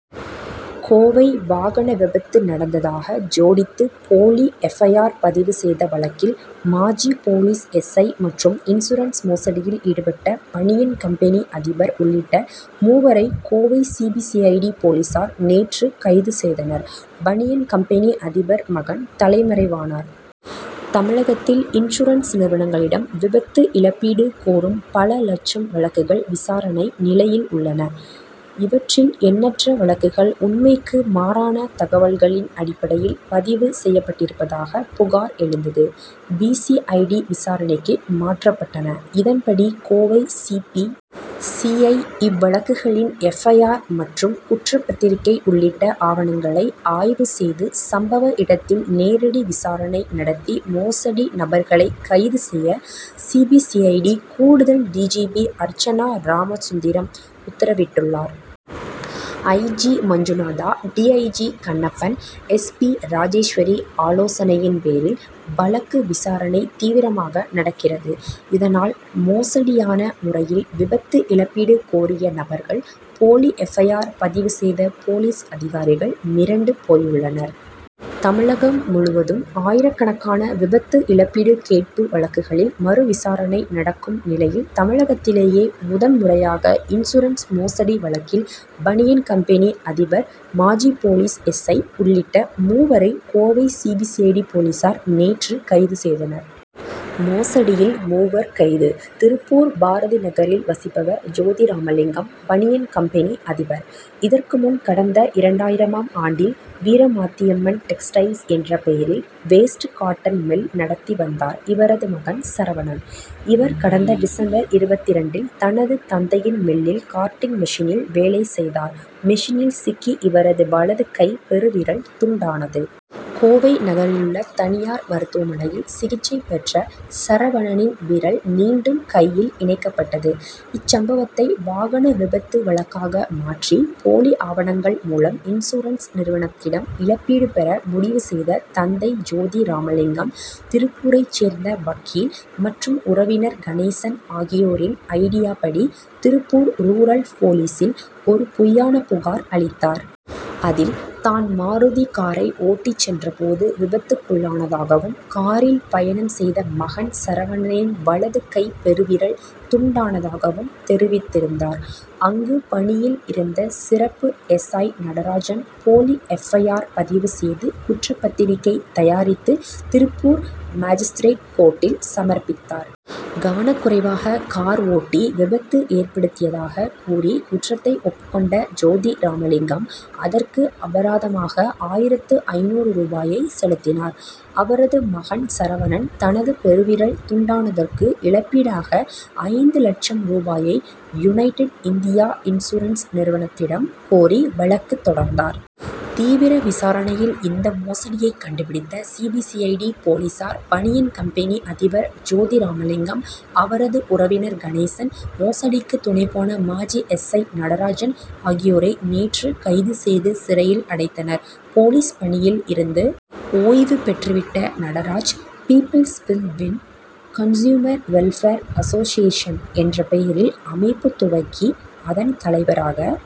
கோவை வாகன விபத்து நடந்ததாக ஜோடித்து போலி எப். ஐ. ஆர். பதிவு செய்த வழக்கில் மாஜி போலீஸ் எஸ். ஐ. மற்றும் இன்சூரன்ஸ் மோசடியில் ஈடுபட்ட பனியன் கம்பெனி அதிபர் உள்ளிட்ட மூவரை Kovai C. B. C. I. D. போலீசார் நேற்று கைது செய்தனர் பனியன் கம்பெனி அதிபர் மகன் தலைமறைவானார். தமிழகத்தில் இன்சூரன்ஸ் நிறுவனங்களிடம் விபத்து இழப்பீடு கோரும் பல லட்சம் வழக்குகள் விசாரணை நிலையில் உள்ளன. இவற்றில் எண்ணற்ற வழக்குகள் உண்மைக்கு மாறான தகவல்களின் அடிப்படையில் பதிவு செய்யப்பட்டிருப்பதாக புகார் எழுந்தது. பி. சி. ஐ. டி. விசாரணைக்கு மாற்றப்பட்டன. இதன்படி Kovai C. B. C. I. இவ்வழக்குகளின் எப். ஐ. ஆர். மற்றும் குற்றப்பத்திரிகை உள்ளிட்ட ஆவணங்களை ஆய்வு செய்து சம்பவ இடத்தில் நேரடி விசாரணை நடத்தி மோசடி நபர்களை கைது செய்ய C. B. C. I. D. கூடுதல் D. G. P. Archana Ramasundaram உத்தரவிட்டுள்ளார். I. G. Manjunatha D. I. G. Kannappan S. P. Rajeshwari ஆலோசனையின் பேரில் வழக்கு விசாரணை தீவிரமாக நடக்கிறது. இதனால் மோசடியான முறையில் விபத்து இழப்பீடு கோரிய நபர்கள் போலி எப். ஐ. ஆர். பதிவு செய்த போலீஸ் அதிகாரிகள் மிரண்டு போயுள்ளனர். தமிழகம் முழுவதும் ஆயிரக்கணக்கான விபத்து இழப்பீடு கேட்பு வழக்குகளில் மறுவிசாரணை நடக்கும் நிலையில் தமிழகத்திலேயே முதன்முறையாக இன்சூரன்ஸ் மோசடி வழக்கில் பனியன் கம்பெனி அதிபர் மாஜி போலீஸ் எஸ். ஐ. உள்ளிட்ட மூவரை Kovai C. B. C. I. D. போலீசார் நேற்று கைது செய்தனர். மோசடியில் மூவர் கைது திருப்பூர் பாரதி நகரில் வசிப்பவர் ஜோதிராமலிங்கம் பனியன் கம்பெனி அதிபர். இதற்கு முன் கடந்த இரண்டாயிரமாம் ஆண்டில் வீரமாத்தியம்மன் டெக்ஸ்டைல்ஸ் என்ற பெயரில் வேஸ்ட் காட்டன் மில் நடத்தி வந்தார் இவரது மகன் சரவணன். இவர் கடந்த டிச. இருபத்திரண்டில் தனது தந்தையின் மில்லில் கார்டிங் மெஷினில் வேலை செய்தார் மெஷினில் சிக்கி இவரது வலது கை பெருவிரல் துண்டானது. கோவை நகரிலுள்ள தனியார் மருத்துவமனையில் சிகிச்சை பெற்ற சரவணனின் விரல் மீண்டும் கையில் இணைக்கப்பட்டது. இச்சம்பவத்தை வாகன விபத்து வழக்காக மாற்றி போலி ஆவணங்கள் மூலம் இன்சூரன்ஸ் நிறுவனத்திடம் இழப்பீடு பெற முடிவு செய்த தந்தை ஜோதி ராமலிங்கம் திருப்பூரைச் சேர்ந்த வக்கீல் மற்றும் உறவினர் கணேசன் ஆகியோரின் ஐடியா படி திருப்பூர் ரூரல் போலீசில் ஒரு பொய்யான புகார் அளித்தார். அதில் தான் மாருதி காரை ஓட்டிச் சென்ற போது விபத்துக்குள்ளானதாகவும் காரில் பயணம் செய்த மகன் சரவணனின் வலது கை பெருவிரல் துண்டானதாகவும் தெரிவித்திருந்தார். அங்கு பணியில் இருந்த சிறப்பு எஸ். ஐ. நடராஜன் போலி எப். ஐ. ஆர். பதிவு செய்து குற்றப்பத்திரிகை தயாரித்து திருப்பூர் மாஜிஸ்திரேட் கோர்ட்டில் சமர்ப்பித்தார். கவனக்குறைவாக கார் ஓட்டி விபத்து ஏற்படுத்தியதாக கூறி குற்றத்தை ஒப்புக்கொண்ட ஜோதி ராமலிங்கம் அதற்கு அபராதமாக ஆயிரத்து ஐந்நூறு ரூபாயை செலுத்தினார். அவரது மகன் சரவணன் தனது பெருவிரல் துண்டானதற்கு இழப்பீடாக ஐந்து லட்சம் ரூபாயை யுனைடெட் இந்தியா இன்ஸ்சூரன்ஸ் நிறுவனத்திடம் கோரி வழக்கு தொடர்ந்தார். தீவிர விசாரணையில் இந்த மோசடியை கண்டுபிடித்த C. B. C. I. D. போலீசார் பனியன் கம்பெனி அதிபர் ஜோதிராமலிங்கம் அவரது உறவினர் கணேசன் மோசடிக்கு துணைபோன மாஜி எஸ். ஐ. நடராஜன் ஆகியோரை நேற்று கைது செய்து சிறையில் அடைத்தனர். போலீஸ் பணியில் இருந்து ஓய்வு பெற்றுவிட்ட Nataraj people's will win consumer welfare association என்ற பெயரில் அமைப்பு துவக்கி அதன் தலைவராக